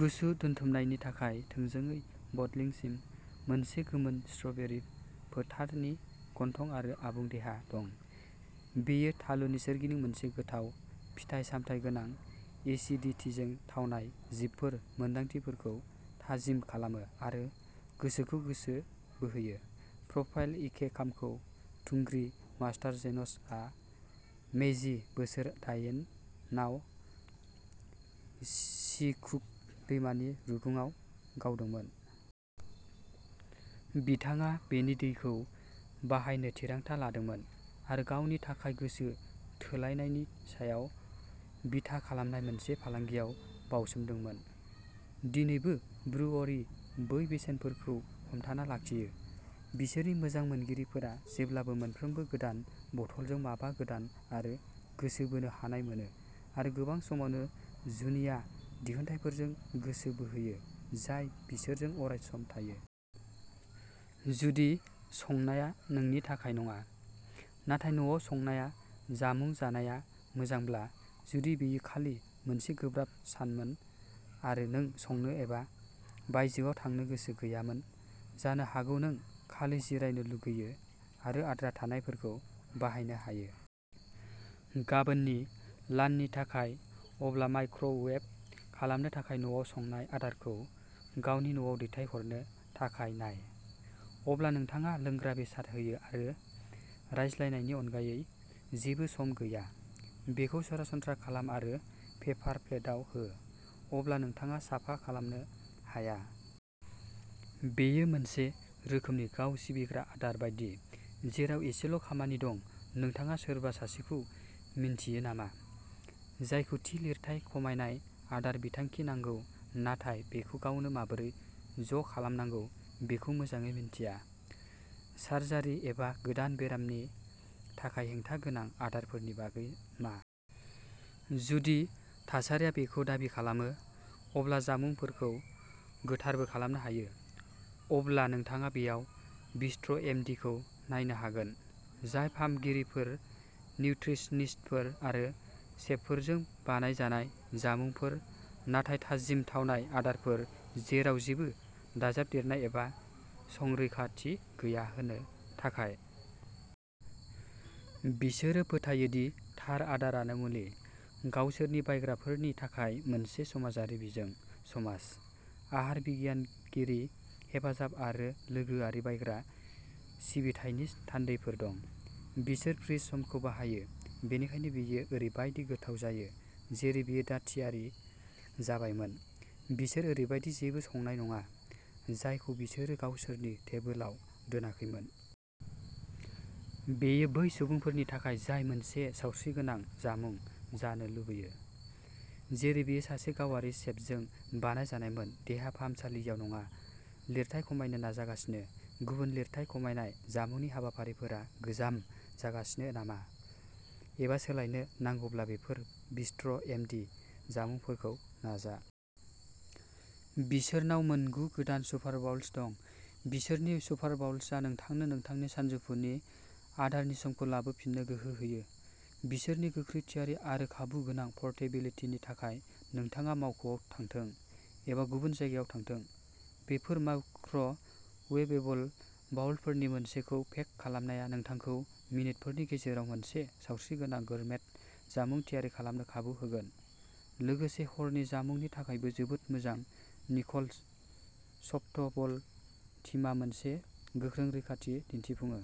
गुसु दोनथुमनायनि थाखाय थोंजोङै बटलिंसिम। मोनसे गोमोन स्ट्रबेरी फोथारनि गन्थं आरो आबुं देहा दं। बेयो थालुनि सोरगिदिं मोनसे गोथाव, फिथाइ-सामथाय गोनां एसिडिटीजों थावनाय जिपफोर, मोनदांथिफोरखौ थाजिम खालामो आरो गोसोखौ गोसो बोहोयो। प्रफाइल इकेकामखौ थुंग्रि मास्टार जेनज' आ मेइजि बोसोर दायेन आव चिकुग' दैमानि रुगुङाव गावदोंमोन। बिथाङा बेनि दैखौ बाहायनो थिरांथा लादोंमोन, आरो गावनि थाखाय गोसो थोलायनायनि सायाव बिथा खालामनाय मोनसे फालांगियाव बाउसोमदोंमोन। दिनैबो, ब्रुअरीआ बै बेसेनफोरखौ हमथाना लाखियो। बिसोरनि मोजां मोनगिरिफोरा जेब्लाबो मोनफ्रोमबो गोदान बथलजों माबा गोदान आरो गोसो बोनो हानाय मोनो, आरो गोबां समावनो जुनिया दिहुनथायफोरजों गोसो बोहोयो जाय बिसोरजों अरायसम थायो। जुदि संनाया नोंनि थाखाय नङा नाथाय न'आव संनाय जामुं जानाया मोजांब्ला? जुदि बेयो खालि मोनसे गोब्राब सानमोन आरो नों संनो एबा बायजोआव थांनो गोसो गैयामोन। जानो हागौ नों खालि जिरायनो लुगैयो आरो आद्रा थानायफोरखौ बाहायनो हायो। गाबोननि लाननि थाखाय? अब्ला माइक्र'वेभ खालामनो थाखाय न'आव संनाय आदारखौ गावनि न'आव दैथायहरनो थाखाय नाय। अब्ला नोंथाङा लोंग्रा बेसाद होयो आरो रायज्लायनायनि अनगायै जेबो सम गैया। बेखौ सरासनस्रा खालाम आरो पेपार प्लेटआव हो, अब्ला नोंथाङा साफा खालामनो हाया। बेयो मोनसे रोखोमनि गाव-सिबिग्रा आदार बायदि, जेराव एसेल' खामानि दं नोंथाङा सोरबा सासेखौ मिन्थियो नामा, जायखौ थि लिरथाय खमायनाय आदार बिथांखि नांगौ, नाथाय बेखौ गावनो माबोरै ज'खालामनांगौ बेखौ मोजाङै मिन्थिया? सार्जारि एबा गोदान बेरामनि थाखाय हेंथा गोनां आदारफोरनि बागै मा? जुदि थासारिया बेखौ दाबि खालामो, अब्ला जामुंफोरखौ गोथारबो खालामनो हायो। अब्ला नोंथाङा बेयाव बिस्ट्र' एम डि खौ नायनो हागोन, जाय फाहामगिरिफोर, निउट्रिसनिस्टफोर आरो सेफफोरजों बानायजानाय जामुंफोर, नाथाय थाजिम थावनाय आदारफोर, जेराव जेबो दाजाबदेरनाय एबा संरैखाथि गैया, होनो थाखाय। बिसोरो फोथायो दि थार आदारानो मुलि। गावसोरनि बायग्राफोरनि थाखाय मोनसे समाजारि बिजों समाज, आहार बिगियानगिरि हेफाजाब आरो लोगोआरि बायग्रा सिबिथायनि थान्दैफोर दं। बिसोर फ्रिज समखौ बाहायो, बेनिखायनो बेयो ओरैबायदि गोथाव जायो जेरै बेयो दा थियारि जाबायमोन बिसोर ओरैबायदि जेबो संनाय नङा जायखौ बिसोरो गावसोरनि टेबोलाव दोनाखैमोन। बेयो बै सुबुंफोरनि थाखाय जाय मोनसे सावस्रिगोनां जामुं जानो लुबैयो, जेरै बेयो सासे गावारि सेफजों बानायजानायमोन, देहा फाहामसालियाव नङा लिरथाय खमायनो नाजागासिनो? गुबुन लिरथाय खमायनाय जामुंनि हाबाफारिफोरा गोजाम जागासिनो नामा एबा सोलायनो नांगौब्ला बेफोर बिस्ट्र' एम डि जामुंफोरखौ नाजा। बिसोरनाव मोन गु गोदान सुपारबाउल्स दं। बिसोरनि सुपारबाउल्सआ नोंथांनो नोंथांनि सानजौफुनि आदारनि समखौ लाबोफिननो गोहो होयो, बिसोरनि गोख्रै थियारि आरो खाबुगोनां परटेबिलितिनि थाखाय। नोंथाङा मावख'आव थांथों एबा गुबुन जायगायाव थांथों, बेफोर माइक्र'वेभेबल बाउलफोरनि मोनसेखौ पेक खालामनाया नोंथांखौ मिनितफोरनि गेजेराव मोनसे सावस्रिगोनां गोरमेट जामुं थियारि खालामनो खाबु होगोन लोगोसे हरनि जामुंनि थाखायबो जोबोद मोजां निकल्स सफ्टबल टीमा मोनसे गोख्रों रैखाथि दिन्थिफुङो।